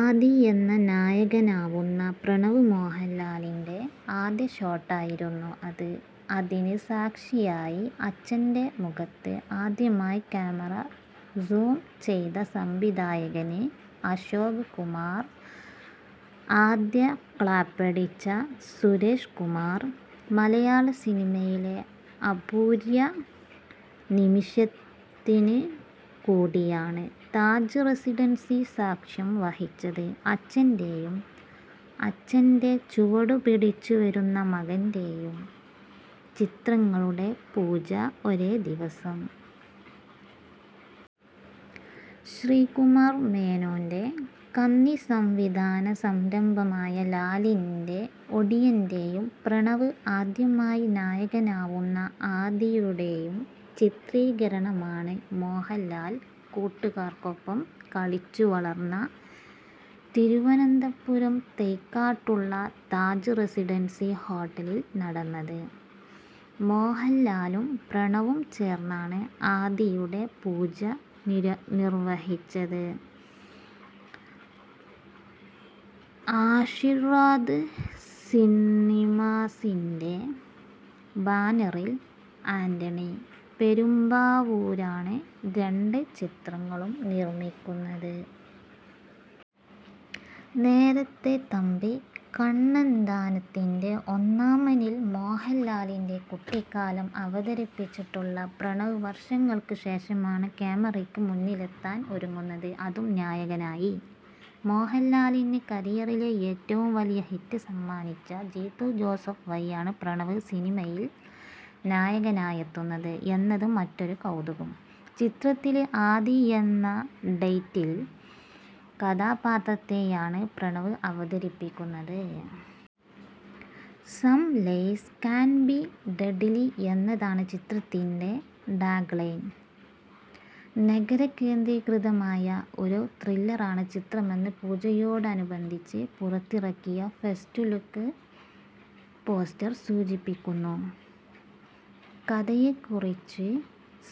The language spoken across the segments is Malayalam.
ആദി എന്ന നായകനാവുന്ന പ്രണവ് മോഹന്ലാലിന്റെ ആദ്യ ഷോട്ടായിരുന്നു അത്. അതിന് സാക്ഷിയായി അച്ഛന്റെ മുഖത്ത് ആദ്യമായി ക്യാമറ സൂം ചെയ്ത സംവിധായകന് അശോക് കുമാര്, ആദ്യ ക്ലാപ്പടിച്ച സുരേഷ്കുമാര്. മലയാള സിനിമയിലെ അപൂര്വ നിമിഷത്തിനുകൂടിയാണ് താജ് റെസിഡന്സി സാക്ഷ്യം വഹിച്ചത്. അച്ഛന്റെയും അച്ഛന്റെ ചുവടുപിടിച്ചുവരുന്ന മകന്റെയും ചിത്രങ്ങളുടെ പൂജ ഒരേദിവസം. ശ്രീകുമാര് മേനോന്റെ കന്നി സംവിധാന സംരംഭമായ ലാലിന്റെ ഒടിയന്റെയും പ്രണവ് ആദ്യമായി നായകനാവുന്ന ആദിയുടെയും ചിത്രീകരണമാണ് മോഹന്ലാല് കൂട്ടുകാര്ക്കൊപ്പം കളിച്ചുവളര്ന്ന തിരുവനന്തപുരം തൈക്കാട്ടുള്ള താജ് റെസിഡന്സി ഹോട്ടലില് നടന്നത്. മോഹന്ലാലും പ്രണവും ചേര്ന്നാണ് ആദിയുടെ പൂജ നിര്വഹിച്ചത്. ആശിര്വാദ് സിനിമാസിന്റെ ബാനറില് ആന്റണി പെരുമ്പാവൂരാണ് രണ്ട് ചിത്രങ്ങളും നിര്മിക്കുന്നത്. നേരത്തെ തമ്പി കണ്ണന്താനത്തിന്റെ ഒന്നാമനില് മോഹന്ലാലിന്റെ കുട്ടിക്കാലം അവതരിപ്പിച്ചിട്ടുള്ള പ്രണവ് വര്ഷങ്ങള്ക്കുശേഷമാണ് ക്യാമറയ്ക്ക് മുന്നിലെത്താന് ഒരുങ്ങുന്നത്. അതും നായകനായി. മോഹന്ലാലിന് കരിയറിലെ ഏറ്റവും വലിയ ഹിറ്റ് സമ്മാനിച്ച ജീത്തു ജോസഫ് വഴിയാണ് പ്രണവ് സിനിമയില് നായകനായെത്തുന്നത് എന്നത് മറ്റൊരു കൗതുകം. ചിത്രത്തില് ആദി എന്ന ടൈറ്റില് കഥാപാത്രത്തെയാണ് പ്രണവ് അവതരിപ്പിക്കുന്നത്. Some lies can be deadly എന്നതാണ് ചിത്രത്തിന്റെ ടാഗ്ലൈൻ. നഗരകേന്ദ്രീകൃതമായ ഒരു ത്രില്ലറാണ് ചിത്രമെന്ന് പൂജയോടനുബന്ധിച്ച് പുറത്തിറക്കിയ ഫസ്റ്റ്ലുക്ക് പോസ്റ്റര് സൂചിപ്പിക്കുന്നു. കഥയെക്കുറിച്ച്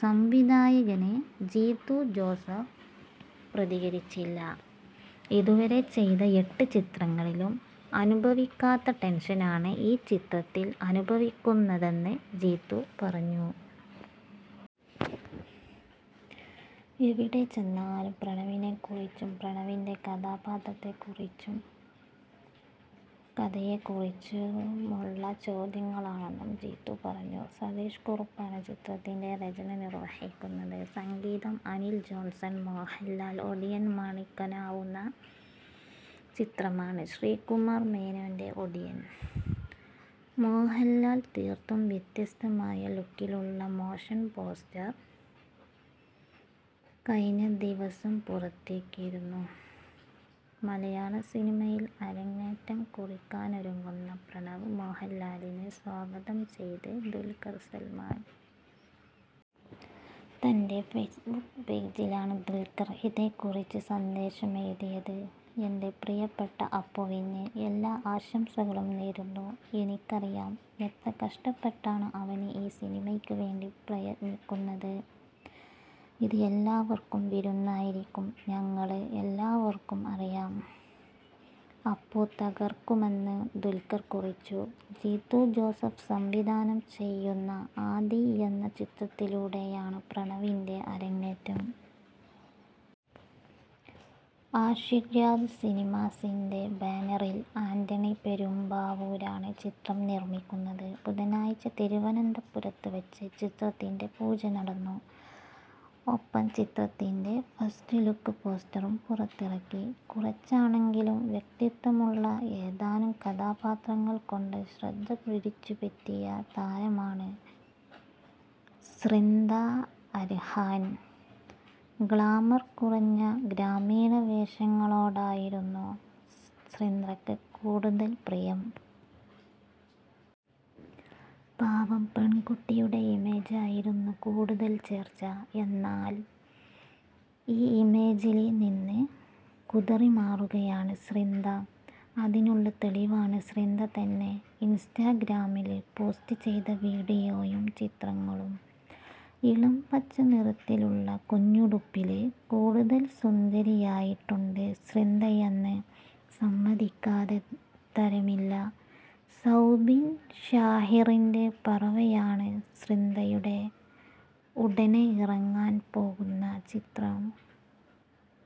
സംവിധായകന് ജീത്തു ജോസഫ് പ്രതികരിച്ചില്ല. ഇതുവരെ ചെയ്ത എട്ട് ചിത്രങ്ങളിലും അനുഭവിക്കാത്ത ടെന്ഷനാണ് ഈ ചിത്രത്തില് അനുഭവിക്കുന്നതെന്ന് ജീത്തു പറഞ്ഞു. എവിടെ ചെന്നാലും പ്രണവിനെക്കുറിച്ചും പ്രണവിന്റെ കഥാപാത്രത്തെക്കുറിച്ചും കഥയെക്കുറിച്ചുമുള്ള ചോദ്യങ്ങളാണെന്നും ജീത്തു പറഞ്ഞു. സതീഷ് കുറുപ്പാണ് ചിത്രത്തിന്റെ രചന നിര്വഹിക്കുന്നത്. സംഗീതം:അനില് ജോണ്സണ്. മോഹന്ലാല് ഒടിയന് മാണിക്കനാവുന്ന ചിത്രമാണ് ശ്രീകുമാര് മേനോന്റെ ഒടിയന്. മോഹന്ലാല് തീര്ത്തും വ്യത്യസ്തമായ ലുക്കിലുള്ള മോഷന് പോസ്റ്റര് കഴിഞ്ഞ ദിവസം പുറത്തിറക്കിയിരുന്നു. മലയാള സിനിമയില് അരങ്ങേറ്റം കുറിക്കാനൊരുങ്ങുന്ന പ്രണവ് മോഹന്ലാലിനെ സ്വാഗതം ചെയ്ത് ദുല്ഖര് സല്മാന്. തന്റെ ഫെയ്സ്ബുക്ക് പേജിലാണ് ദുല്ഖര് ഇതെക്കുറിച്ച് സന്ദേശമെഴുതിയത്. 'എന്റെ പ്രിയപ്പെട്ട അപ്പുവിന് എല്ലാ ആശംസകളും നേരുന്നു. എനിക്കറിയാം എത്ര കഷ്ടപ്പെട്ടാണ് അവന് ഈ സിനിമയ്ക്ക് വേണ്ടി പ്രയത്നിക്കുന്നതെന്ന്. ഇത് എല്ലാവര്ക്കും വിരുന്നായിരിക്കും. ഞങ്ങള് എല്ലാവര്ക്കും അറിയാം, അപ്പു തകര്ക്കുമെന്ന്' ദുല്ഖര് കുറിച്ചു. ജീത്തു ജോസഫ് സംവിധാനം ചെയ്യുന്ന ആദി എന്ന ചിത്രത്തിലൂടെയാണ് പ്രണവിന്റെ അരങ്ങേറ്റം. ആശിര്വാദ് സിനിമാസിന്റെ ബാനറില് ആന്റണി പെരുമ്പാവൂരാണ് ചിത്രം നിര്മിക്കുന്നത്. ബുധനാഴ്ച തിരുവനന്തപുരത്ത് വച്ച് ചിത്രത്തിന്റെ പൂജ നടന്നു. ഒപ്പം ചിത്രത്തിന്റെ ഫസ്റ്റ്ലുക്ക് പോസ്റ്ററും പുറത്തിറക്കി. കുറച്ചാണെങ്കിലും വ്യക്തിത്വമുള്ള ഏതാനും കഥാപാത്രങ്ങള് കൊണ്ട് ശ്രദ്ധ പിടിച്ചുപറ്റിയ താരമാണ് സ്രിന്ധ അര്ഹാന്. ഗ്ലാമര് കുറഞ്ഞ ഗ്രാമീണ വേഷങ്ങളോടായിരുന്നു സ്രിന്ധയ്ക്ക് കൂടുതല് പ്രിയം. പാവം പെണ്കുട്ടിയുടെ ഇമേജായിരുന്നു കൂടുതല് ചേര്ച്ച. എന്നാല്, ഈ ഇമേജില് നിന്ന് കുതറിമാറുകയാണ് സ്രിന്ധ. അതിനുള്ള തെളിവാണ് സ്രിന്ധ തന്നെ ഇന്സ്റ്റഗ്രാമില് പോസ്റ്റ് ചെയ്ത വീഡിയോയും ചിത്രങ്ങളും. ഇളംപച്ച നിറത്തിലുള്ള കുഞ്ഞുടുപ്പില് കൂടുതല് സുന്ദരിയായിട്ടുണ്ട് സ്രിന്ധയെന്ന് സമ്മതിക്കാതെ തരമില്ല. സൗബിന് ഷാഹിറിന്റെ പറവയാണ് സ്രിന്ധയുടെ ഉടനെ ഇറങ്ങാന് പോകുന്ന ചിത്രം.